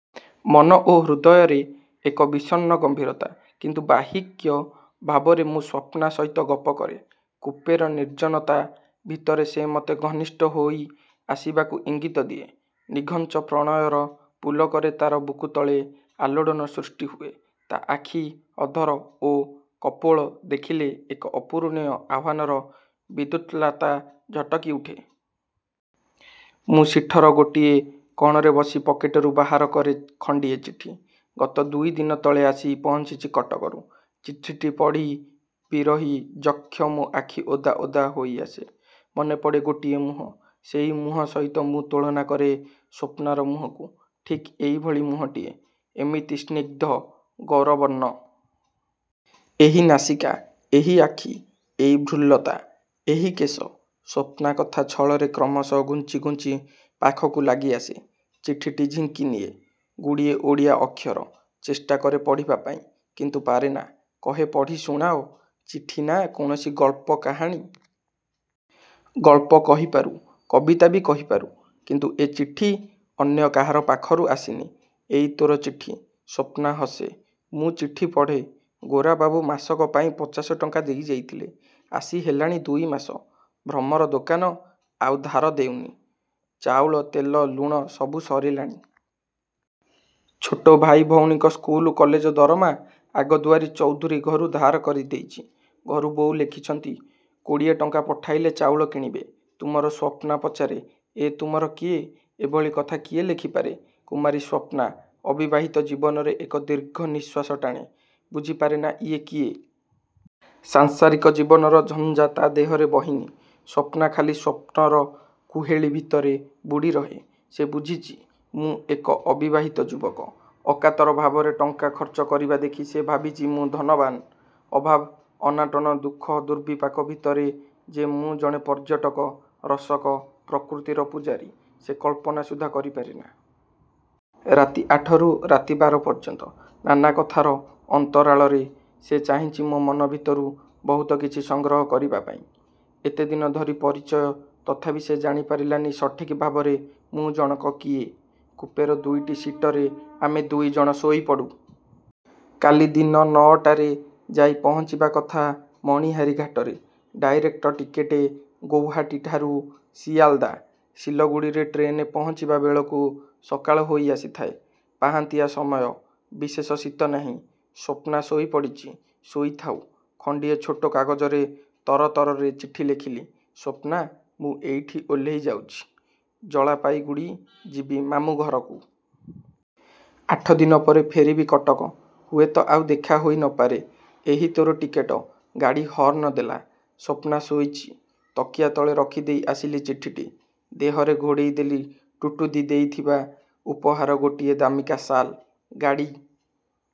ମନ ଓ ହୃଦୟରେ ଏକ ବିଷର୍ଣ୍ଣ ଗମ୍ଭୀରତା। କିନ୍ତୁ ବାହ୍ୟିକ ଭାବରେ ମୁଁ ସ୍ୱପ୍ନା ସହିତ ଗପ କରେ। କୁପେର ନିର୍ଜନତା ଭିତରେ ସେ ମତେ ଘନିଷ୍ଠ ହୋଇଆସିବାକୁ ଇଙ୍ଗିତ ଦିଏ। ନିଘଞ୍ଚ ପ୍ରଣୟର ପୁଲକରେ ତାର ବୁକୁତଳେ ଆଲୋଡ଼ନ ସୃଷ୍ଟି ହୁଏ-ତା ଆଖି, ଅଧର ଓ କପୋଳ ଦେଖିଲେ ଏକ ଅପୂରଣୀୟ ଆହ୍ୱାନର ବିଦ୍ୟୁତ୍ଲତା ଝଟକି ଉଠେ। ମୁଁ ସିଠର ଗୋଟିଏ କଣରେ ବସି ପକେଟରୁ ବାହାରକରେ ଖଣ୍ଡିଏ ଚିଠି-ଗତ ଦୁଇ ଦିନ ତଳେ ଆସି ପହଞ୍ଚିଚି କଟକରୁ। ଚିଠିଟି ପଢ଼ି ବିରହୀ ଯକ୍ଷ ମୋ ଆଖି ଓଦା ଓଦା ହୋଇଆସେ। ମନେପଡ଼େ ଗୋଟିଏ ମୁହଁ। ସେହି ମୁହଁ ସହିତ ମୁଁ ତୁଳନା କରେ ସ୍ୱପ୍ନାର ମୁହଁକୁ ଠିକ୍ ଏହିଭଳି ମୁହଁଟିଏ, ଏମିତି ସ୍ନିଗ୍ଧ, ଗୌରବର୍ଣ୍ଣ। ଏହି ନାସିକା, ଏହି ଆଖି, ଏଇ ଭ୍ରୁଲତା, ଏହି କେଶ। ସ୍ୱପ୍ନା କଥା ଛଳରେ କ୍ରମଶଃ ଘୁଞ୍ଚି ଘୁଞ୍ଚି ପାଖକୁ ଲାଗି ଆସେ, ଚିଠିଟି ଝିଙ୍କିନିଏ। ଗୁଡ଼ିଏ ଓଡ଼ିଆ ଅକ୍ଷର। ଚେଷ୍ଟାକରେ ପଢ଼ିବା ପାଇଁ, କିନ୍ତୁ ପାରେନା; କହେ-ପଢି ଶୁଣାଅ, ଚିଠି ନା କୌଣସି ଗଳ୍ପ, କାହାଣୀ? -ଗଳ୍ପ କହିପାରୁ, କବିତା ବି କହିପାରୁ। କିନ୍ତୁ ଏ ଚିଠି ଅନ୍ୟ କାହାର ପାଖରୁ ଆସିନି, ଏଇ ତୋର ଚିଠି। ସ୍ୱପ୍ନା ହସେ। ମୁଁ ଚିଠି ପଢ଼େ-। ଗୋରାବାବୁ, ମାସକ ପାଇଁ ପଚାଶ ଟଙ୍କା ଦେଇଯାଇଥିଲେ, ଆସି ହେଲାଣି ଦୁଇ ମାସ। ଭ୍ରମର ଦୋକାନ ଆଉ ଧାର ଦେଉନି-ଚାଉଳ, ତେଲ, ଲୁଣ ସବୁ ସରିଲାଣି। ଛୋଟ ଭାଇ ଭଉଣୀଙ୍କ ସ୍କୁଲ କଲେଜ ଦରମା ଆଗଦୁଆରୀ ଚୌଧୁରୀ ଘରୁ ଧାର କରି ଦେଇଚି। ଘରୁ ବୋଉ ଲେଖିଚନ୍ତି କୋଡ଼ିଏ ଟଙ୍କା ପଠାଇଲେ ଚାଉଳ କିଣିବେ। ''ତୁମର'' ସ୍ୱପ୍ନା ପଚାରେ, ଏ 'ତୁମର' କିଏ? -ଏଭଳି କଥା କିଏ ଲେଖିପାରେ? କୁମାରୀ ସ୍ୱପ୍ନା। ଅବିବାହିତ ଜୀବନରେ ଏକ ଦୀର୍ଘ ନିଶ୍ୱାସ ଟାଣେ, ବୁଝିପାରେନା ଇଏ କିଏ? ସାଂସାରିକ ଜୀବନର ଝଞ୍ଜା ତା ଦେହରେ ବହିନି। ସ୍ୱପ୍ନା ଖାଲି ସ୍ୱପ୍ନର କୁହେଳି ଭିତରେ ବୁଡ଼ିରହେ। ସେ ବୁଝିଚି, ମୁଁ ଏକ ଅବିବାହିତ ଯୁବକ। ଅକାତର ଭାବରେ ଟଙ୍କା ଖର୍ଚ୍ଚ କରିବା ଦେଖି ସେ ଭାବିଚି ମୁଁ ଧନବାନ। ଅଭାବ-ଅନାଟନ, ଦୁଃଖ ଦୁର୍ବିପାକ ଭିତରେ ଯେ ମୁଁ ଜଣେ ପର୍ଯ୍ୟଟକ, ରସକ, ପ୍ରକୃତିର ପୂଜାରୀ, ସେ କଳ୍ପନା ସୁଦ୍ଧା କରିପାରେନା। ରାତି ଆଠରୁ ରାତି ବାର ପର୍ଯ୍ୟନ୍ତ ନାନା କଥାର ଅନ୍ତରାଳରେ ସେ ଚାହିଁଚି ମୋ ମନ ଭିତରୁ ବହୁତ କିଛି ସଂଗ୍ରହ କରିବା ପାଇଁ। ଏତେ ଦିନ ଧରି ପରିଚୟ, ତଥାପି ସେ ଜାଣିପାରିଲାନି ସଠିକ୍ ଭାବରେ ମୁଁ ଜଣକ କିଏ? କୁପେର ଦୁଇଟି ସିଟରେ ଆମେ ଦୁଇ ଜଣ ଶୋଇପଡ଼ୁ। କାଲି ଦିନ ନଅଟାରେ ଯାଇ ପହଞ୍ଚିବା କଥା ମଣିହାରୀ ଘାଟରେ। ଡ଼ାଇରେକ୍ଟ ଟିକେଟ ଗୌହାଟୀଠାରୁ ସିଆଲ୍ଦା। ସିଲଗୁଡ଼ିରେ ଟ୍ରେନ ପହଞ୍ଚିବା ବେଳକୁ ସକାଳ ହୋଇ ଆସିଥାଏ। ପାହାନ୍ତିଆ ସମୟ। ବିଶେଷ ଶୀତ ନାହିଁ। ସ୍ୱପ୍ନା ଶୋଇପଡ଼ିଚି-ଶୋଇଥାଉ। ଖଣ୍ଡିଏ ଛୋଟ କାଗଜରେ ତରତରରେ ଚିଠି ଲେଖିଲି- ସ୍ୱପ୍ନା, ମୁଁ ଏଇଠି ଓହ୍ଲେଇ ଯାଉଚି, ଜଳପାଇଗୁଡ଼ି ଯିବି ମାମୁଁ ଘରକୁ। ଆଠ ଦିନ ପରେ ଫେରିବି କଟକ। ହୁଏତ ଆଉ ଦେଖା ହୋଇ ନ ପାରେ। ଏହି ତୋର ଟିକେଟ। ଗାଡ଼ି ହର୍ଣ୍ଣ ଦେଲା। ସ୍ୱପ୍ନା ଶୋଇଚି-ତକିଆ ତଳେ ରଖିଦେଇ ଆସିଲି ଚିଠିଟି, ଦେହରେ ଘୋଡ଼େଇ ଦେଲି ଟୁଟୁଦି ଦେଇଥିବା ଉପହାର ଗୋଟିଏ ଦାମିକା ଶାଲ୍। ଗାଡ଼ି